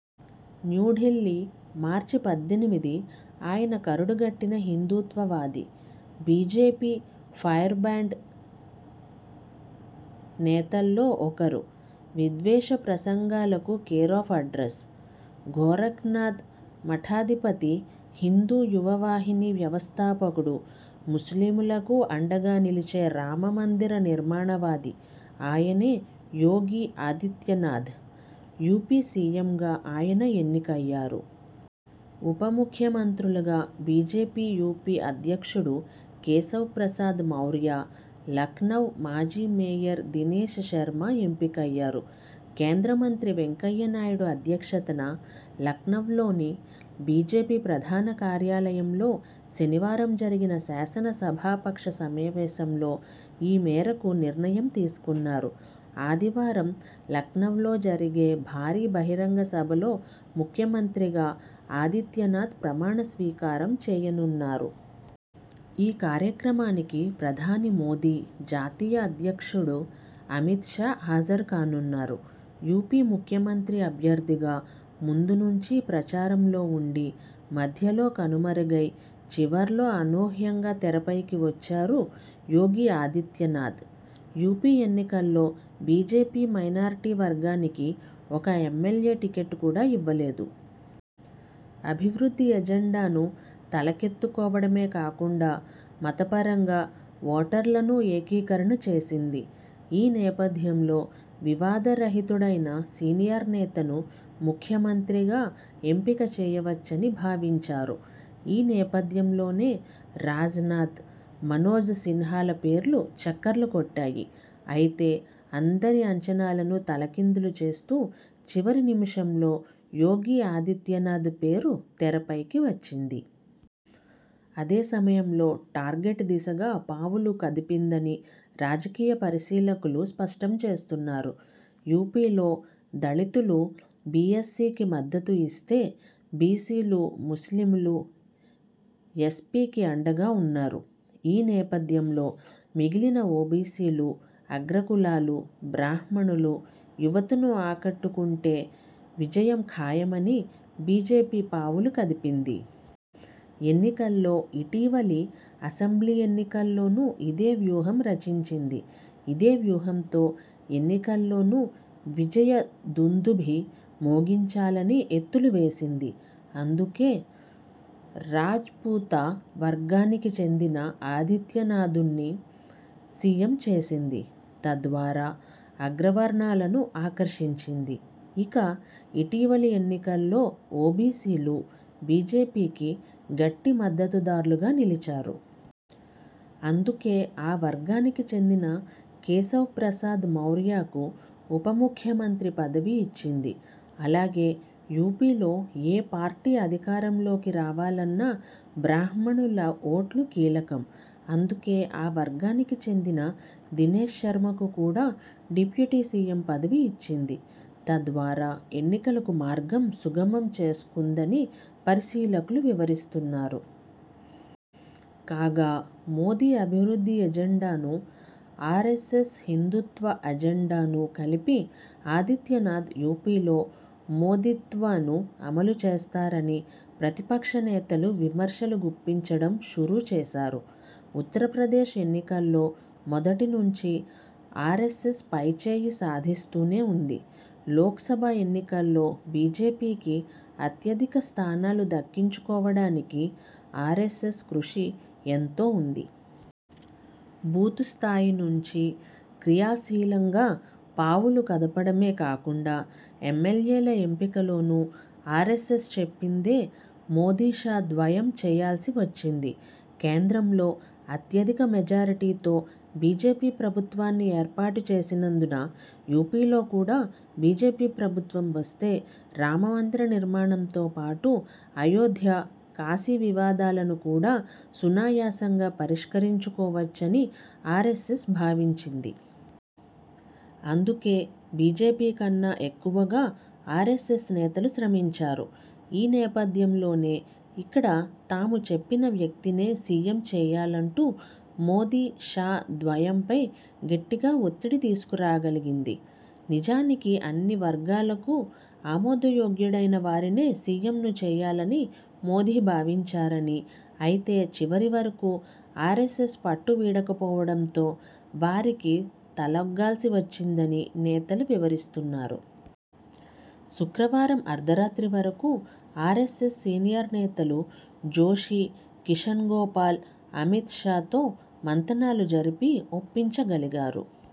న్యూఢిల్లీ, మార్చి పద్దెనిమిది ఆయన కరడుగట్టిన హిందూత్వవాది! బీజేపీ ఫైర్బ్రాండ్ నేతల్లో ఒకరు! విద్వేష ప్రసంగాలకు కేరాఫ్ అడ్రస్! గోరఖ్నాథ్ మఠాధిపతి, హిందూ యువ వాహిని వ్యవస్థాపకుడు! ముస్లిములకూ అండగా నిలిచే రామ మందిర నిర్మాణవాది! ఆయనే యోగి ఆదిత్యనాథ్! యూపీ సీఎంగా ఆయన ఎన్నికయ్యారు. ఉప ముఖ్యమంత్రులుగా బీజేపీ యూపీ అధ్యక్షుడు కేశవ్ ప్రసాద్ మౌర్య, లఖ్నవ్ మాజీ మేయర్ దినేశ్ శర్మ ఎంపికయ్యారు. కేంద్ర మంత్రి వెంకయ్య నాయుడు అధ్యక్షతన లఖ్నవ్లోని బీజేపీ ప్రధాన కార్యాలయంలో శనివారం జరిగిన శాసన సభాపక్ష సమావేశంలో ఈమేరకు నిర్ణయం తీసుకున్నారు. ఆదివారం లఖ్నవ్లో జరిగే భారీ బహిరంగ సభలో ముఖ్యమంత్రిగా ఆదిత్యనాథ్ ప్రమాణ స్వీకారం చేయనున్నారు. ఈ కార్యక్రమానికి ప్రధాని మోదీ, జాతీయ అధ్యక్షుడు అమితషా హాజరుకానున్నారు. యూపీ ముఖ్యమంత్రి అభ్యర్థిగా ముందు నుంచీ ప్రచారంలో ఉండి మధ్యలో కనుమరుగై చివర్లో అనూహ్యంగా తెరపైకి వచ్చారు యోగి ఆదిత్యనాథ్. యూపీ ఎన్నికల్లో బీజేపీ మైనారిటీ వర్గానికి ఒక్క ఎమ్మెల్యే టికెట్ కూడా ఇవ్వలేదు. అభివృద్ధి ఎజెండాను తలకెత్తుకోవడమే కాకుండా మతపరంగా ఓటర్లనూ ఏకీకరణ చేసింది. ఈ నేపథ్యంలో వివాద రహితుడైన సీనియర్ నేతను ముఖ్యమంత్రిగా ఎంపిక చేయవచ్చని భావించారు. ఈ నేపథ్యంలోనే రాజ్నాథ్, మనోజ్ సిన్హాల పేర్లు చక్కర్లు కొట్టాయి. అయితే, అందరి అంచనాలను తలకిందులు చేస్తూ చివరి నిమిషంలో యోగి ఆదిత్యనాథ్ పేరు తెరపైకి వచ్చింది. అదే సమయంలో, 'టార్గెట్ ' దిశగా పావులు కదిపిందని రాజకీయ పరిశీలకులు స్పష్టం చేస్తున్నారు. యూపీలో దళితులు బీఎస్పీకి మద్దతు ఇస్తే బీసీలు, ముస్లిములు ఎస్పీకి అండగా ఉన్నారు. ఈ నేపథ్యంలో, మిగిలిన ఓబీసీలు, అగ్రకులాలు, బ్రాహ్మణులు, యువతను ఆకట్టుకుంటే విజయం ఖాయమని బీజేపీ పావులు కదిపింది. ఎన్నికల్లో, ఇటీవలి అసెంబ్లీ ఎన్నికల్లోనూ ఇదే వ్యూహం రచించింది. ఇదే వ్యూహంతో ఎన్నికల్లోనూ విజయ దుందుభి మోగించాలని ఎత్తులు వేసింది. అందుకే, రాజ్పుత వర్గానికి చెందిన ఆదిత్యనాథ్ను సీఎం చేసింది. తద్వారా అగ్ర వర్ణాలను ఆకర్షించింది. ఇక, ఇటీవలి ఎన్నికల్లో ఓబీసీలు బీజేపీకి గట్టి మద్దతుదార్లుగా నిలిచారు. అందుకే, ఆ వర్గానికి చెందిన కేశవ్ ప్రసాద్ మౌర్యకు ఉప ముఖ్యమంత్రి పదవి ఇచ్చింది. అలాగే, యూపీలో ఏ పార్టీ అధికారంలోకి రావాలన్నా బ్రాహ్మణుల ఓట్లు కీలకం. అందుకే, ఆ వర్గానికి చెందిన దినేశ్ శర్మకూ కూడా డిప్యూటీ సీఎం పదవి ఇచ్చింది. తద్వారా, ఎన్నికలకు మార్గం సుగమం చేసుకుందని పరిశీలకులు వివరిస్తున్నారు. కాగా, మోదీ అభివృద్ధి ఎజెండాను, ఆర్ఎ్సఎస్ హిందూత్వ ఎజెండాను కలిపి ఆదిత్యనాథ్ యూపీలో 'మోదీత్వ'ను అమలు చేస్తారని ప్రతిపక్ష నేతలు విమర్శలు గుప్పించడం షురూ చేశారు. ఉత్తరప్రదేశ్ ఎన్నికల్లో మొదటి నుంచీ ఆర్ఎస్ఎస్ పైచేయి సాధిస్తూనే ఉంది. లోక్సభ ఎన్నికల్లో బీజేపీకి అత్యధిక స్థానాలు దక్కించుకోవడానికి ఆర్ఎ్సఎస్ కృషి ఎంతో ఉంది. బూతు స్థాయి నుంచి క్రియాశీలంగా పావులు కదపడమే కాకుండా ఎమ్మెల్యేల ఎంపిక లోనూ ఆర్ఎ్సఎస్ చెప్పిందే మోదీషా ద్వయం చేయాల్సి వచ్చింది. కేంద్రంలో అత్యధిక మెజారిటీతో బీజేపీ ప్రభుత్వాన్ని ఏర్పాటు చేసినందున యూపీలో కూడా బీజేపీ ప్రభుత్వం వస్తే రామ మందిర నిర్మాణంతో పాటు అయోధ్య, కాశీ వివాదాలను కూడా సునాయాసంగా పరిష్కరించుకోవచ్చని ఆర్ఎ్సఎస్ భావించింది. అందుకే, బీజేపీకన్నా ఎక్కువగా ఆర్ఎ్సఎస్ నేతలు శ్రమించారు. ఈ నేపథ్యంలోనే, ఇక్కడ తాము చెప్పిన వ్యక్తినే సీఎం చేయాలంటూ మోదీ ,షా ద్వయంపై గట్టిగా ఒత్తిడి తీసుకురాగలిగింది. నిజానికి అన్ని వర్గాలకు ఆమోదయోగ్యుడైన వారినే సీఎంను చేయాలని మోదీ భావించారని, అయితే చివరి వరకూ ఆర్ఎ్సఎస్ పట్టు వీడకపోవడంతో వారికి తలొగ్గాల్సివచ్చిందని నేతలు వివరిస్తున్నారు. శుక్రవారం అర్ధరాత్రి వరకూ ఆర్ఎ్సఎస్ సీనియర్ నేతలు జోషి, కిషన్ గోపాల్ అమిత్ షా తో మంతనాలు జరిపి ఒప్పించగలిగారు.